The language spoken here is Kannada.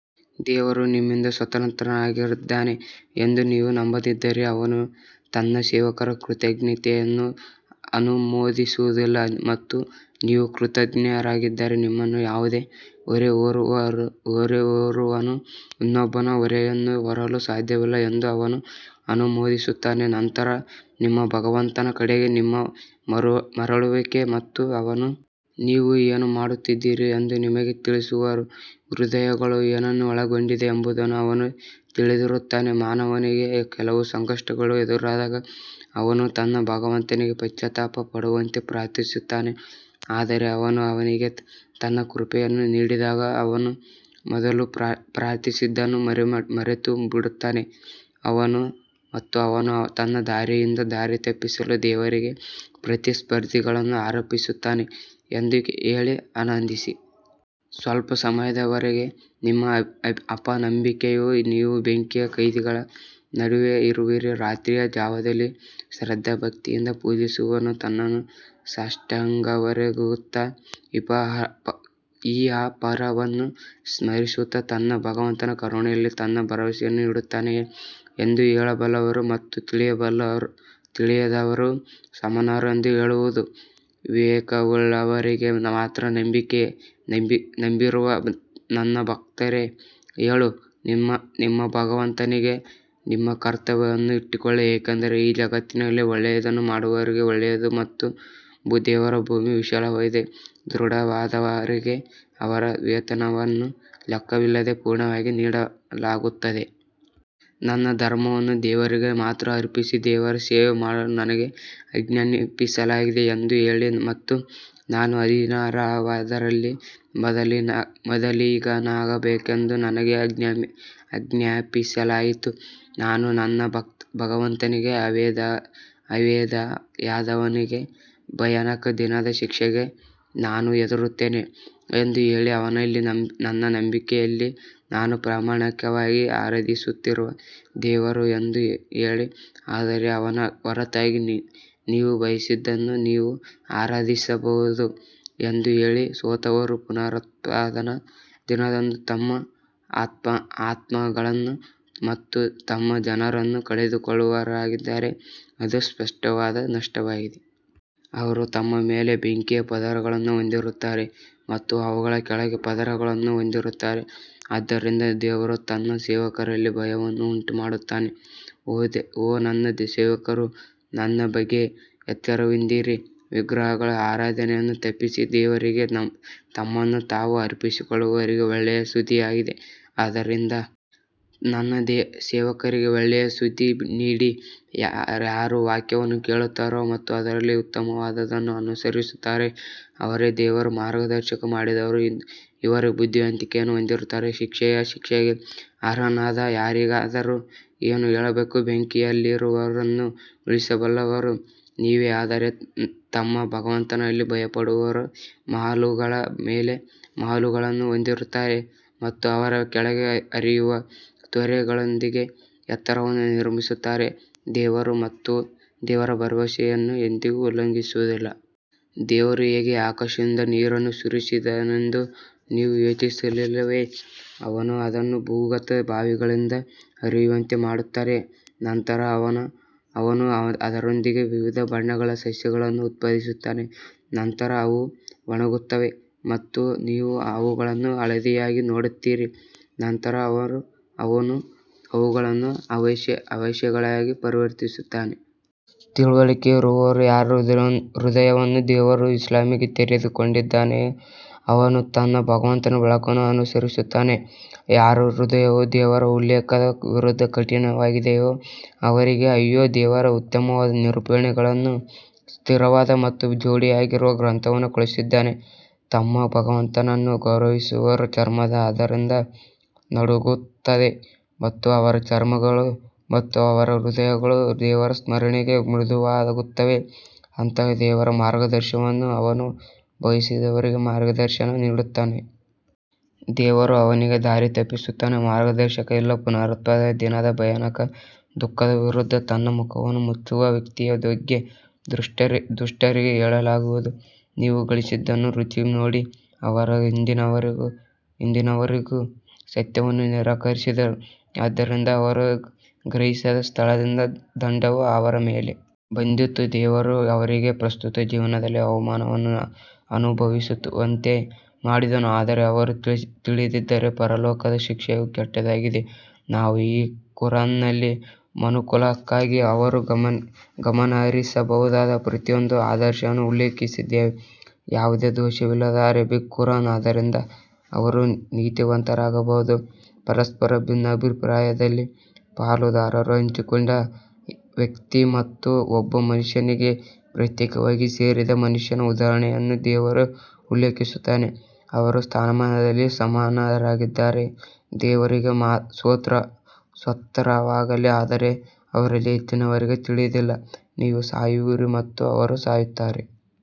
ದೇವರು ನಿಮ್ಮಿಂದ ಸ್ವತಂತ್ರನಾಗಿದ್ದಾನೆ ಎಂದು ನೀವು ನಂಬದಿದ್ದರೆ, ಅವನು ತನ್ನ ಸೇವಕರ ಕೃತಜ್ಞತೆಯನ್ನು ಅನುಮೋದಿಸುವುದಿಲ್ಲ ಮತ್ತು ನೀವು ಕೃತಜ್ಞರಾಗಿದ್ದರೆ, ನಿಮ್ಮಲ್ಲಿ ಯಾವುದೇ ಹೊರೆ ಹೊರುವವನು ಇನ್ನೊಬ್ಬನ ಹೊರೆಯನ್ನು ಹೊರಲು ಸಾಧ್ಯವಿಲ್ಲ ಎಂದು ಅವನು ಅನುಮೋದಿಸುತ್ತಾನೆ, ನಂತರ ನಿಮ್ಮ ಭಗವಂತನ ಕಡೆಗೆ ನಿಮ್ಮ ಮರಳುವಿಕೆ ಮತ್ತು ಅವನು. ನೀವು ಏನು ಮಾಡುತ್ತಿದ್ದೀರಿ ಎಂದು ನಿಮಗೆ ತಿಳಿಸುವರು ಹೃದಯಗಳು ಏನನ್ನು ಒಳಗೊಂಡಿವೆ ಎಂಬುದನ್ನು ಅವನು ತಿಳಿದಿರುತ್ತಾನೆ ಮಾನವನಿಗೆ ಕೆಲವು ಸಂಕಷ್ಟಗಳು ಎದುರಾದಾಗ ಅವನು ತನ್ನ ಭಗವಂತನಿಗೆ ಪಶ್ಚಾತ್ತಾಪ ಪಡುವಂತೆ ಪ್ರಾರ್ಥಿಸುತ್ತಾನೆ ಆದರೆ ಅವನು ಅವನಿಗೆ ತನ್ನ ಕೃಪೆಯನ್ನು ನೀಡಿದಾಗ ಅವನು ಮೊದಲು ಪ್ರಾರ್ಥಿಸಿದ್ದನ್ನು ಮರೆತುಬಿಡುತ್ತಾನೆ ಮತ್ತು ಅವನು ತನ್ನ ದಾರಿಯಿಂದ ದಾರಿತಪ್ಪಿಸಲು ದೇವರಿಗೆ ಪ್ರತಿಸ್ಪರ್ಧಿಗಳನ್ನು ಆರೋಪಿಸುತ್ತಾನೆ ಎಂದು ಹೇಳಿ ಆನಂದಿಸಿ. ಸ್ವಲ್ಪ ಸಮಯದವರೆಗೆ ನಿಮ್ಮ ಅಪನಂಬಿಕೆಯು ನೀವು ಬೆಂಕಿಯ ಕೈದಿಗಳ ನಡುವೆ ಇರುವಿರಿ ರಾತ್ರಿಯ ಜಾವದಲ್ಲಿ ಶ್ರದ್ಧಾಭಕ್ತಿಯಿಂದ ಪೂಜಿಸುವವನು ತನ್ನನ್ನು ಸಾಷ್ಟಾಂಗವೆರಗುತ್ತಾ ಇಹಪರವನ್ನು ಸ್ಮರಿಸುತ್ತಾ ತನ್ನ ಭಗವಂತನ ಕರುಣೆಯಲ್ಲಿ ತನ್ನ ಭರವಸೆಯನ್ನು ಇಡುತ್ತಾನೆಯೇ ಹೇಳು ಬಲ್ಲವರು ಮತ್ತು ತಿಳಿಯದವರು ಸಮಾನರು ಎಂದು ಹೇಳುವುದು ವಿವೇಕವುಳ್ಳವರಿಗೆ ಮಾತ್ರ ನಂಬಿರುವ ನನ್ನ ಭಕ್ತರೇ ಹೇಳು, ನಿಮ್ಮ ಭಗವಂತನಿಗೆ ನಿಮ್ಮ ಕರ್ತವ್ಯವನ್ನು ಇಟ್ಟುಕೊಳ್ಳಿ ಏಕೆಂದರೆ ಈ ಜಗತ್ತಿನಲ್ಲಿ ಒಳ್ಳೆಯದನ್ನು ಮಾಡುವವರಿಗೆ ಒಳ್ಳೆಯದು ಮತ್ತು ದೇವರ ಭೂಮಿ ವಿಶಾಲವಾಗಿದೆ ದೃಢವಾದವರಿಗೆ ಅವರ ವೇತನವನ್ನು ಲೆಕ್ಕವಿಲ್ಲದೆ ಪೂರ್ಣವಾಗಿ ನೀಡಲಾಗುತ್ತದೆ. ನನ್ನ ಧರ್ಮವನ್ನು ದೇವರಿಗೆ ಮಾತ್ರ ಅರ್ಪಿಸಿ ದೇವರ ಸೇವೆ ಮಾಡಲು ನನಗೆ ಆಜ್ಞಾಪಿಸಲಾಯಿತು ಎಂದು ಹೇಳಿ ಮತ್ತು ನಾನು ಅಧೀನರಾದವರಲ್ಲಿ ಮೊದಲಿಗನಾಗಬೇಕೆಂದು ನನಗೆ ಆಜ್ಞಾಪಿಸಲಾಯಿತು ನಾನು ನನ್ನ ಭಗವಂತನಿಗೆ ಅವಿಧೇಯನಾದರೆ ಭಯಾನಕ ದಿನದ ಶಿಕ್ಷೆಗೆ ನಾನು ಹೆದರುತ್ತೇನೆ ಎಂದು ಹೇಳಿ ಅವನಲ್ಲಿ ನನ್ನ ನಂಬಿಕೆಯಲ್ಲಿ ನಾನು ಪ್ರಾಮಾಣಿಕವಾಗಿ ಆರಾಧಿಸುತ್ತಿರುವ ದೇವರು ಎಂದು ಹೇಳಿ ಆದರೆ ಅವನ ಹೊರತಾಗಿ ನೀವು ಬಯಸಿದ್ದನ್ನು ನೀವು ಆರಾಧಿಸಬಹುದು ಎಂದು ಹೇಳಿ, ಸೋತವರು ಪುನರುತ್ಥಾನದ ದಿನದಂದು ತಮ್ಮ ಆತ್ಮಗಳನ್ನು ಮತ್ತು ತಮ್ಮ ಜನರನ್ನು ಕಳೆದುಕೊಳ್ಳುವವರಾಗಿದ್ದಾರೆ, ಅದು ಸ್ಪಷ್ಟವಾದ ನಷ್ಟವಾಗಿದೆ. ಅವರು ತಮ್ಮ ಮೇಲೆ ಬೆಂಕಿಯ ಪದರಗಳನ್ನು ಹೊಂದಿರುತ್ತಾರೆ ಮತ್ತು ಅವುಗಳ ಕೆಳಗೆ ಪದರಗಳನ್ನು ಹೊಂದಿರುತ್ತಾರೆ ಆದ್ದರಿಂದ ದೇವರು ತನ್ನ ಸೇವಕರಲ್ಲಿ ಭಯವನ್ನು ಉಂಟುಮಾಡುತ್ತಾನೆ ಓ ನನ್ನ ಸೇವಕರು ನನ್ನ ಬಗ್ಗೆ ಎಚ್ಚರದಿಂದಿರಿ ವಿಗ್ರಹಗಳ ಆರಾಧನೆಯನ್ನು ತಪ್ಪಿಸಿ ದೇವರಿಗೆ ತಮ್ಮನ್ನು ತಾವು ಅರ್ಪಿಸಿಕೊಳ್ಳುವವರಿಗೆ ಒಳ್ಳೆಯ ಸುದ್ದಿಯಾಗಿದೆ ಆದ್ದರಿಂದ ನನ್ನ ಸೇವಕರಿಗೆ ಒಳ್ಳೆಯ ಸುದ್ದಿ ನೀಡಿ ಯಾರು ವಾಕ್ಯವನ್ನು ಕೇಳುತ್ತಾರೋ ಮತ್ತು ಅದರಲ್ಲಿ ಉತ್ತಮವಾದದ್ದನ್ನು ಅನುಸರಿಸುತ್ತಾರೋ ಅವರೇ ದೇವರು ಮಾರ್ಗದರ್ಶನ ಮಾಡಿದವರು ಇವರೇ ಬುದ್ಧಿವಂತಿಕೆಯನ್ನು ಹೊಂದಿದ್ದಾರೆ ಶಿಕ್ಷೆಯ ಶಿಕ್ಷೆಗೆ ಅರ್ಹನಾದ ಯಾರಿಗಾದರೂ ಏನು ಹೇಳಬೇಕು, ಬೆಂಕಿಯಲ್ಲಿರುವವರನ್ನು ಉಳಿಸಬಲ್ಲವರು ನೀವೇ ಆದರೆ ತಮ್ಮ ಭಗವಂತನಲ್ಲಿ ಭಯಪಡುವವರು ಮಹಲುಗಳ ಮೇಲೆ ಮಹಲುಗಳನ್ನು ಹೊಂದುತ್ತಾರೆ ಮತ್ತು ಅವರ ಕೆಳಗೆ ಹರಿಯುವ ತೊರೆಗಳೊಂದಿಗೆ ಎತ್ತರವನ್ನು ನಿರ್ಮಿಸುತ್ತಾರೆ, ದೇವರು ಮತ್ತು ದೇವರು ಭರವಸೆಯನ್ನು ಎಂದಿಗೂ ಉಲ್ಲಂಘಿಸುವುದಿಲ್ಲ. ದೇವರು ಹೇಗೆ ಆಕಾಶದಿಂದ ನೀರನ್ನು ಸುರಿಸಿದನೆಂದು ನೀವು ಯೋಚಿಸಲಿಲ್ಲವೇ, ಅವನು ಅದನ್ನು ಭೂಗತ ಬಾವಿಗಳಿಗೆ ಹರಿಯುವಂತೆ ಮಾಡುತ್ತಾನೆ ನಂತರ ಅವನು ಅದರೊಂದಿಗೆ ವಿವಿಧ ಬಣ್ಣಗಳ ಸಸ್ಯಗಳನ್ನು ಉತ್ಪಾದಿಸುತ್ತಾನೆ ನಂತರ ಅವು ಒಣಗುತ್ತವೆ ಮತ್ತು ನೀವು ಅವುಗಳನ್ನು ಹಳದಿಯಾಗಿ ನೋಡುತ್ತೀರಿ ನಂತರ ಅವನು ಅವುಗಳನ್ನು ಅವಶೇಷಗಳಾಗಿ ಪರಿವರ್ತಿಸುತ್ತಾನೆ. ತಿಳುವಳಿಕೆ ಇರುವವರು ಯಾರ ಹೃದಯವನ್ನು ದೇವರು ಇಸ್ಲಾಮಿಗೆ ತೆರೆದುಕೊಂಡಿದ್ದಾನೋ, ಅವನು ತನ್ನ ಭಗವಂತನ ಬೆಳಕನ್ನು ಅನುಸರಿಸುತ್ತಾನೆ, ಯಾರ ಹೃದಯವು ದೇವರ ಉಲ್ಲೇಖದ ವಿರುದ್ಧ ಕಠಿಣವಾಗಿದೆಯೋ ಅವರಿಗೆ ಅಯ್ಯೋ? ದೇವರು ಉತ್ತಮವಾದ ನಿರೂಪಣೆಗಳನ್ನು ಸ್ಥಿರವಾದ ಮತ್ತು ಜೋಡಿಯಾಗಿರುವ ಗ್ರಂಥವನ್ನು ಕಳುಹಿಸಿದ್ದಾನೆ, ತಮ್ಮ ಭಗವಂತನನ್ನು ಗೌರವಿಸುವವರ ಚರ್ಮವು ಅದರಿಂದ ನಡುಗುತ್ತದೆ ಮತ್ತು ಅವರ ಚರ್ಮಗಳು ಮತ್ತು ಅವರ ಹೃದಯಗಳು ದೇವರ ಸ್ಮರಣೆಗೆ ಮೃದುವಾಗುತ್ತವೆ ಅಂತಹ ದೇವರ ಮಾರ್ಗದರ್ಶನವನ್ನು ಅವನು ಬಯಸಿದವರಿಗೆ ಮಾರ್ಗದರ್ಶನ ನೀಡುತ್ತಾನೆ. ದೇವರು ಅವನಿಗೆ ದಾರಿ ತಪ್ಪಿಸುತ್ತಾನೆ ಮಾರ್ಗದರ್ಶಕ ಇಲ್ಲ ಪುನರುತ್ಥಾನದ ದಿನದ ಭಯಾನಕ ದುಃಖದ ವಿರುದ್ಧ ತನ್ನ ಮುಖವನ್ನು ಮುಚ್ಚುವ ವ್ಯಕ್ತಿಯ ಬಗ್ಗೆ ದುಷ್ಟರಿಗೆ ಹೇಳಲಾಗುವುದು ನೀವು ಗಳಿಸಿದ್ದನ್ನು ರುಚಿ ನೋಡಿ ಅವರ ಹಿಂದಿನವರೂ ಸತ್ಯವನ್ನು ನಿರಾಕರಿಸಿದರು, ಆದ್ದರಿಂದ ಅವರು ಗ್ರಹಿಸದ ಸ್ಥಳದಿಂದ ದಂಡವು ಅವರ ಮೇಲೆ ಬಂದಿತು ದೇವರು ಅವರಿಗೆ ಪ್ರಸ್ತುತ ಜೀವನದಲ್ಲಿ ಅವಮಾನವನ್ನು ಅನುಭವಿಸುವಂತೆ ಮಾಡಿದನು ಆದರೆ ಅವರು ತಿಳಿದಿದ್ದರೆ ಪರಲೋಕದ ಶಿಕ್ಷೆಯು ಕೆಟ್ಟದಾಗಿದೆ ನಾವು ಈ ಕುರಾನ್ನಲ್ಲಿ ಮನುಕುಲಕ್ಕಾಗಿ ಅವರು ಗಮನಹರಿಸಬಹುದಾದ ಪ್ರತಿಯೊಂದು ಆದರ್ಶವನ್ನು ಉಲ್ಲೇಖಿಸಿದ್ದೇವೆ ಯಾವುದೇ ದೋಷವಿಲ್ಲದ ಅರೇಬಿಕ್ ಕುರಾನ್ ಆದ್ದರಿಂದ ಅವರು ನೀತಿವಂತರಾಗಬಹುದು ಪರಸ್ಪರ ಭಿನ್ನಾಭಿಪ್ರಾಯದಲ್ಲಿ ಪಾಲುದಾರರು ಹಂಚಿಕೊಂಡ ವ್ಯಕ್ತಿ ಮತ್ತು ಒಬ್ಬ ಮನುಷ್ಯನಿಗೆ ಪ್ರತ್ಯೇಕವಾಗಿ ಸೇರಿದ ಮನುಷ್ಯನ ಉದಾಹರಣೆಯನ್ನು ದೇವರು ಉಲ್ಲೇಖಿಸುತ್ತಾನೆ, ಅವರು ಸ್ಥಾನಮಾನದಲ್ಲಿ ಸಮಾನರಾಗಿದ್ದಾರೆಯೇ, ದೇವರಿಗೆ ಸ್ತೋತ್ರವಾಗಲಿ ಆದರೆ ಅವರಲ್ಲಿ ಹೆಚ್ಚಿನವರಿಗೆ ತಿಳಿದಿಲ್ಲ ನೀವು ಸಾಯುವಿರಿ ಮತ್ತು ಅವರು ಸಾಯುತ್ತಾರೆ.